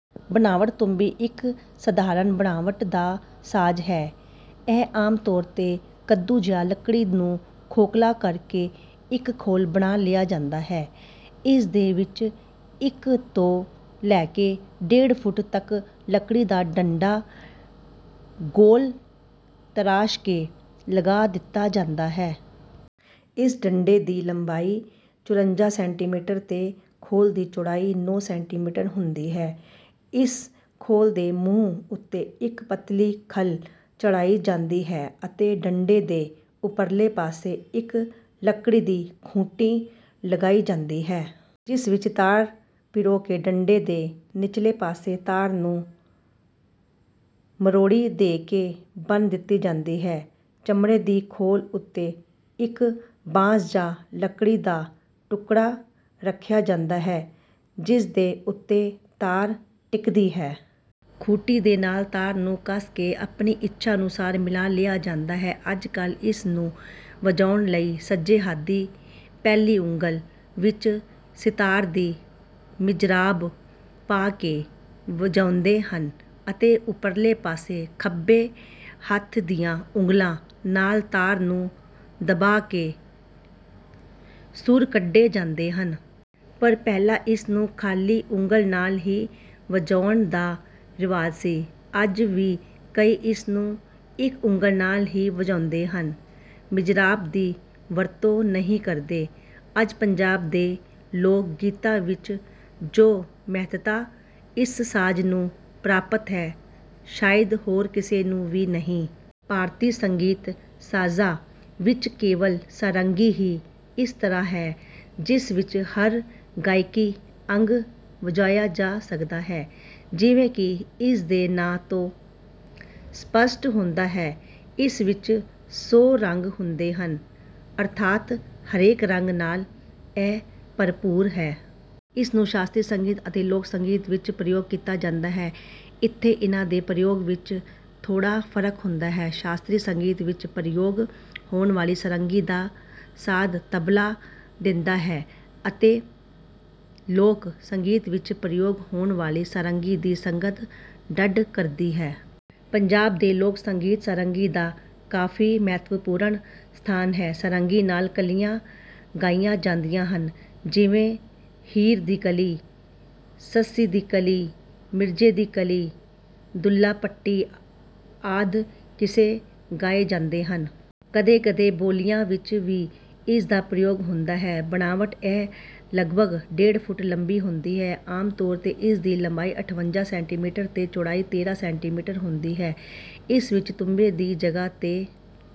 ਬਣਾਵਟ ਤੂੰਬੀ ਇੱਕ ਸਧਾਰਣ ਬਣਾਵਟ ਦਾ ਸਾਜ਼ ਹੈ। ਇਹ ਆਮ ਤੌਰ ਤੇ ਕੱਦੂ ਜਾਂ ਲਕੜੀ ਨੂੰ ਖੋਖਲਾ ਕਰ ਕੇ ਇੱਕ ਖੋਲ ਬਣਾ ਲਿਆ ਜਾਂਦਾ ਹੈ। ਇਸ ਦੇ ਵਿੱਚ ਇੱਕ ਤੋਂ ਲੈ ਕੇ ਡੇਢ ਫੁੱਟ ਤਕ ਲਕੜੀ ਦਾ ਡੰਡਾ ਗੋਲ ਤਰਾਸ਼ ਕੇ ਲਗਾ ਦਿੱਤਾ ਜਾਂਦਾ ਹੈ। ਇਸ ਦੇ ਡੰਡੇ ਦੀ ਲੰਬਾਈ ਚੁਰੰਜਾ ਸੈਂਟੀਮੀਟਰ ਤੇ ਖੋਲ ਦੀ ਚੌੜਾਈ ਨੌ ਸੈਂਟੀਮੀਟਰ ਹੁੰਦੀ ਹੈ। ਇਸ ਖੋਲ ਦੇ ਮੂੰਹ ਉੱਤੇ ਇੱਕ ਪਤਲੀ ਖੱਲ ਚੜਾਈ ਜਾਂਦੀ ਹੈ ਅਤੇ ਡੰਡੇ ਦੇ ਉੱਪਰਲੇ ਪਾਸੇ ਇੱਕ ਲੱਕੜੀ ਦੀ ਖੂੰਟੀ ਲਗਾਈ ਜਾਂਦੀ ਹੈ। ਜਿਸ ਵਿੱਚ ਤਾਰ ਪਿਰੋ ਕੇ ਡੰਡੇ ਦੇ ਨਿਚਲੇ ਪਾਸੇ ਤਾਰ ਨੂੰ ਮਰੋੜੀ ਦੇ ਕੇ ਬੰਨ੍ਹ ਦਿੱਤੀ ਜਾਂਦੀ ਹੈ। ਚਮੜੇ ਦੀ ਖੋਲ ਉੱਤੇ ਇੱਕ ਭਾਂਸ ਜਾਂ ਲਕੜੀ ਦਾ ਟੁਕੜਾ ਰੱਖਿਆ ਜਾਂਦਾ ਹੈ ਜਿਸ ਦੇ ਉੱਤੇ ਤਾਰ ਟਿਕਦੀ ਹੈ। ਖੂੰਟੀ ਦੇ ਨਾਲ ਤਾਰ ਨੂੰ ਕੱਸ ਕੇ ਆਪਣੀ ਇੱਛਾ ਅਨੁਸਾਰ ਮਿਲਾ ਲਿਆ ਜਾਂਦਾ ਹੈ। ਅੱਜ ਕਲ੍ਹ ਇਸ ਨੂੰ ਵਜਾਉਣ ਲਈ ਸੱਜੇ ਹੱਥ ਦੀ ਪਹਿਲੀ ਉਂਗਲ ਵਿੱਚ ਸਿਤਾਰ ਦੀ ਮਿਜਰਾਬ ਪਾ ਕੇ ਵਜਾਉਂਦੇ ਹਨ ਅਤੇ ਉੱਪਰਲੇ ਪਾਸੇ ਖੱਬੇ ਹੱਥ ਦੀਆਂ ਉਂਗਲਾਂ ਨਾਲ ਤਾਰ ਨੂੰ ਦਬਾ ਕੇ ਸੁਰ ਕੱਢੇ ਜਾਂਦੇ ਹਨ। ਪਰ ਪਹਿਲਾ ਇਸ ਨੂੰ ਖ਼ਾਲੀ ਉਂਗਲ ਨਾਲ ਹੀ ਵਜਾਉਣ ਦਾ ਰਿਵਾਜ ਸੀ। ਅੱਜ ਵੀ ਕਈ ਇਸ ਨੂੰ ਇੱਕ ਉਂਗਲ ਨਾਲ ਹੀ ਵਜਾਉਂਦੇ ਹਨ, ਮਿਜਰਾਬ ਦੀ ਵਰਤੋਂ ਨਹੀਂ ਕਰਦੇ। ਅੱਜ ਪੰਜਾਬ ਦੇ ਲੋਕ ਗੀਤਾਂ ਵਿੱਚ ਜੋ ਮਹੱਤਤਾ ਇਸ ਸਾਜ਼ ਨੂੰ ਪ੍ਰਾਪਤ ਹੈ ਸ਼ਾਇਦ ਹੋਰ ਕਿਸੇ ਨੂੰ ਵੀ ਨਹੀ। ਭਾਰਤੀ ਸੰਗੀਤ ਸਾਜ਼ਾਂ ਵਿੱਚ ਕੇਵਲ ਸਾਰੰਗੀ ਹੀ ਇਸ ਤਰ੍ਹਾਂ ਹੈ ਜਿਸ ਵਿੱਚ ਹਰ ਗਾਇਕੀ ਅੰਗ ਵਜਾਇਆ ਜਾ ਸਕਦਾ ਹੈ। ਜਿਵੇਂ ਕਿ ਇਸ ਦੇ ਨਾਂ ਤੋਂ ਸਪੱਸ਼ਟ ਹੁੰਦਾ ਹੈ ਇਸ ਵਿੱਚ ਸੌ ਰੰਗ ਹੁਦੇ ਹਨ ਅਰਥਾਤ ਹਰੇਕ ਰੰਗ ਨਾਲ ਇਹ ਭਰਪੂਰ ਹੈ। ਇਸ ਨੂੰ ਸ਼ਾਸਤਰੀ ਸੰਗੀਤ ਅਤੇ ਲੋਕ ਸੰਗੀਤ ਵਿੱਚ ਪ੍ਰਯੋਗ ਕੀਤਾ ਜਾਂਦਾ ਹੈ। ਇੱਥੇ ਇਹਨਾਂ ਦੇ ਪ੍ਰਯੋਗ ਵਿੱਚ ਥੋੜਾ ਫ਼ਰਕ ਹੁੰਦਾ ਹੈ। ਸ਼ਾਸਤਰੀ ਸੰਗੀਤ ਵਿੱਚ ਪ੍ਰਯੋਗ ਹੋਣ ਵਾਲੀ ਸਾਰੰਗੀ ਦਾ ਸਾਥ ਤਬਲਾ ਦਿੰਦਾ ਹੈ ਅਤੇ ਲੋਕ ਸੰਗੀਤ ਵਿੱਚ ਪ੍ਰਯੋਗ ਹੋਣ ਵਾਲੀ ਸਾਰੰਗੀ ਦੀ ਸੰਗਤ ਢੱਡ ਕਰਦੀ ਹੈ। ਪੰਜਾਬ ਦੇ ਲੋਕ ਸੰਗੀਤ ਸਾਰੰਗੀ ਦਾ ਕਾਫ਼ੀ ਮਹੱਤਵਪੂਰਣ ਸਥਾਨ ਹੈ। ਸਾਰੰਗੀ ਨਾਲ ਕਲੀਆਂ ਗਾਈਆਂ ਜਾਦੀਆਂ ਹਨ| ਜਿਵੇਂ ਹੀਰ ਦੀ ਕਲੀ, ਸੱਸੀ ਦੀ ਕਲੀ, ਮਿਰਜ਼ੇ ਦੀ ਕਲੀ, ਦੁੱਲਾ ਭੱਟੀ ਆਦਿ ਕਿਸੇ ਗਾਏ ਜਾਂਦੇ ਹਨ। ਕਦੇ-ਕਦੇ ਬੋਲੀਆਂ ਵਿੱਚ ਵੀ ਇਸ ਦਾ ਪ੍ਰਯੋਗ ਹੁੰਦਾ ਹੈ। ਬਣਾਵਟ ਇਹ ਲੱਗਪਗ ਦੋ ਫੁੱਟ ਲੰਬੀ ਹੁੰਦੀ ਹੈ। ਆਮ ਤੌਰ ਤੇ ਇਸ ਦੀ ਲੰਬਾਈ ਅਠਵੰਜਾ ਸੈਂਟੀਮੀਟਰ ਤੇ ਚੌੜਾਈ ਤੇਰਾਂ ਸੈਂਟੀਮੀਟਰ ਹੁੰਦੀ ਹੈ। ਇਸ ਵਿੱਚ ਤੂੰਬੇ ਦੀ ਜਗ੍ਹਾ ਤੇ